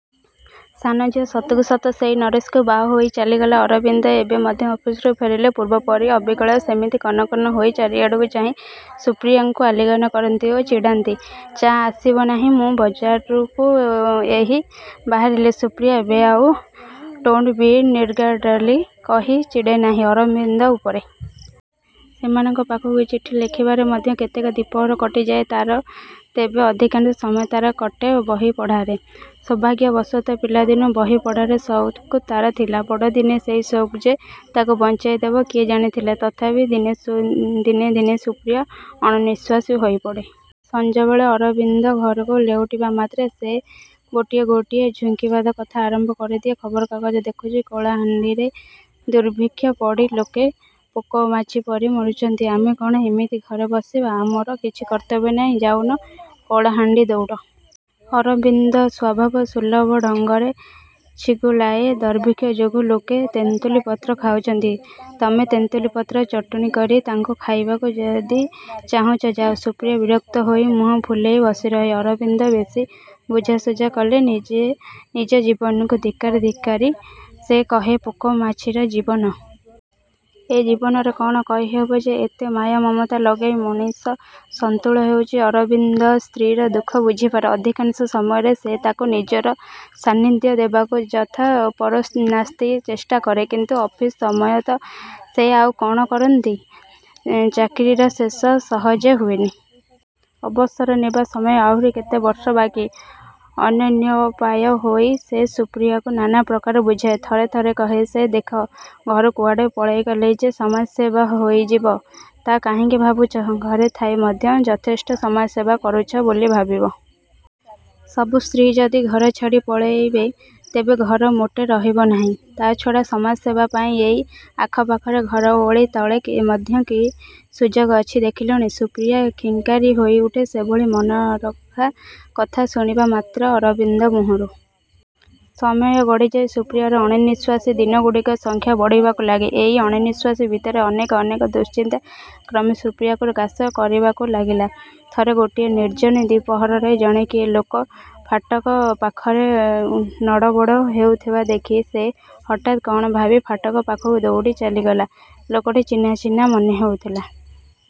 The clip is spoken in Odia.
ସାନଝିଅ ସତକୁ ସତ ସେଇ ନରେଶକୁ ବାହା ହୋଇ ଚାଲିଗଲା। ଅରବିନ୍ଦ ଏବେ ମଧ୍ୟ ଅଫିସରୁ ଫେରିଲେ ପୂର୍ବପରି ଅବିକଳ ସେମିତି କନକନ ହୋଇ ଚାରିଆଡ଼କୁ ଚାହିଁ ସୁପ୍ରିୟାକୁ ଆଲିଙ୍ଗନ କରନ୍ତି ଓ ଚିଡ଼ାନ୍ତି, ଚା ଆସିବ ନାହିଁ? ମୁଁ ବଜାରକୁ ଏହି ବାହାରିଲି। ସୁପ୍ରିୟା ଏବେ ଆଉ ଡୋଣ୍ଟ ବି ନିଗାର୍ଡଲି କହି ଚିଡ଼େନାହିଁ ଅରବିନ୍ଦ ଉପରେ। ସେମାନଙ୍କ ପାଖକୁ ଚିଠି ଲେଖିବାରେ ମଧ୍ୟ କେତେକ ଦ୍ୱିପ୍ରହର କଟିଯାଏ ତାର, ତେବେ ଅଧିକାଂଶ ସମୟ ତାର କଟେ ବହି ପଢ଼ାରେ। ସୌଭାଗ୍ୟବଶତଃ ପିଲାଦିନୁ ବହି ପଢ଼ିବାର ସଉକ ତାର ଥିଲା। ବଡ଼ଦିନେ ସେଇ ସଉକ ଯେ ତାକୁ ବଞ୍ଚେଇଦେବ କିଏ ଜାଣିଥିଲା! ତଥାପି ଦିନେ ଦିନେ ସୁପ୍ରିୟା ଅଣନିଶ୍ୱାସୀ ହୋଇପଡ଼େ। ସଞ୍ଜବେଳେ ଅରବିନ୍ଦ ଘରକୁ ଲେଉଟିବା ମାତ୍ରେ ସେ ଗୋଟିଏ ଗୋଟିଏ ଝୁଙ୍କିବାଦ କଥା ଆରମ୍ଭ କରିଦିଏ। ଖବରକାଗଜ ଦେଖିଛ? କଳାହାଣ୍ଡିରେ ଦୁର୍ଭିକ୍ଷ ପଡ଼ି ଲୋକ ପୋକମାଛି ପରି ମରୁଛନ୍ତି। ଆମେ କଣ ଏମିତି ଘରେ ବସିଥିବା? ଆମର କିଛି କର୍ତ୍ତବ୍ୟ ନାହିଁ? ଯାଉନ। କଳାହାଣ୍ଡି ଦୌଡ଼। ଅରବିନ୍ଦ ସ୍ୱଭାବସୁଲଭ ଢଙ୍ଗରେ ଛିଗୁଲାଏ, ଦର୍ଭିକ୍ଷ ଯୋଗୁଁ ଲୋକେ ତେନ୍ତୁଳି ପତ୍ର ଖାଉଛନ୍ତି। ତମେ ତେନ୍ତୁଳି ପତ୍ର ଚଟଣି କରି ତାଙ୍କୁ ଖାଇବାକୁ ଯଦି ଚାହୁଁଛ ଯାଅ। ସୁପ୍ରିୟା ବିରକ୍ତ ହୋଇ ମୁହଁ ଫୁଲେଇ ବସିରହେ। ଅରବିନ୍ଦ ବେଶୀ ବୁଝାସୁଝା କଲେ ନିଜ ଜୀବନକୁ ଧିକ୍କାରି ଧିକ୍କାରି ସେ କହେ, ପୋକମାଛିର ଜୀବନ। ଏ ଜୀବନରେ କଅଣ କରିହେବ ଯେ ଏତେ ମାୟାମମତା ଲଗେଇ ମଣିଷ ସନ୍ତୁଳି ହେଉଛି। ଅରବିନ୍ଦ ସ୍ତ୍ରୀର ଦୁଃଖ ବୁଝିପାରେ। ଅଧିକାଂଶ ସମୟରେ ସେ ତାକୁ ନିଜର ସାନ୍ନିଧ୍ୟ ଦେବାକୁ ଯଥୋପରୋନାସ୍ତି ଚେଷ୍ଟା କରେ। କିନ୍ତୁ ଅଫିସ ସମୟତକ ସେ ଆଉ କଣ କରନ୍ତା। ଚାକିରିର ଶେଷ ସହଜେ ହୁଏନି। ଅବସର ନେବା ସମୟ ଆହୁରି କେତେ ବର୍ଷ ବାକି। ଅନନ୍ୟୋପାୟ ହୋଇ ସେ ସୁପ୍ରିୟାକୁ ନାନା ପ୍ରକାରେ ବୁଝାଏ। ଥରେ ଥରେ କହେ ସେ, ଦେଖ! ଘରୁ କୁଆଡ଼େ ପଳେଇଗଲେ ଯେ ସମାଜସେବା ହୋଇଯିବ ତା' କାହିଁକି ଭାବୁଛ? ଘରେ ଥାଇ ମଧ୍ୟ ଯଥେଷ୍ଟ ସମାଜସେବା କରୁଛ ବୋଲି ଭାବ। ସବୁ ସ୍ତ୍ରୀ ଯଦି ଘର ଛାଡ଼ି ପଳେଇବେ ତେବେ ଘର ମୋଟେ ରହିବ ନାହିଁ। ତା ଛଡ଼ା ସମାଜସେବା ପାଇଁ ଏଇ ଆଖପାଖରେ ଘର ଓଳି ତଳେ ମଧ୍ୟ କି ସୁଯୋଗ ଅଛି ଦେଖିଲଣି? ସୁପ୍ରିୟା ଖିଙ୍କାରି ହୋଇଉଠେ ସେଭଳି ମନରଖା କଥା ଶୁଣିବା ମାତ୍ରେ ଅରବିନ୍ଦ ମୁହଁରୁ। ସମୟ ଗଡ଼ିଯାଏ। ସୁପ୍ରିୟାର ଅଣନିଶ୍ୱାସୀ ଦିନଗୁଡ଼ିକର ସଂଖ୍ୟା ବଢ଼ିବାକୁ ଲାଗେ। ଏଇ ଅଣନିଶ୍ୱାସ ଭିତରେ ଅନେକ ଅନେକ ଦୁଶ୍ଚିନ୍ତା କ୍ରମେ ସୁପ୍ରିୟାକୁ ଗ୍ରାସ କରିବାକୁ ଲାଗିଲା। ଥରେ ଗୋଟିଏ ନିର୍ଜନ ଦ୍ୱିପ୍ରହରରେ ଜଣେ କିଏ ଲୋକ ଫାଟକ ପାଖରେ ନଡ଼ବଡ଼ ହେଉଥିବା ଦେଖି ସେ ହଠାତ୍ କଣ ଭାବି ଫାଟକ ପାଖକୁ ଦୌଡ଼ି ଚାଲିଗଲା। ଲୋକଟି ଚିହ୍ନା ଚିହ୍ନା ମନେହେଉଥିଲା।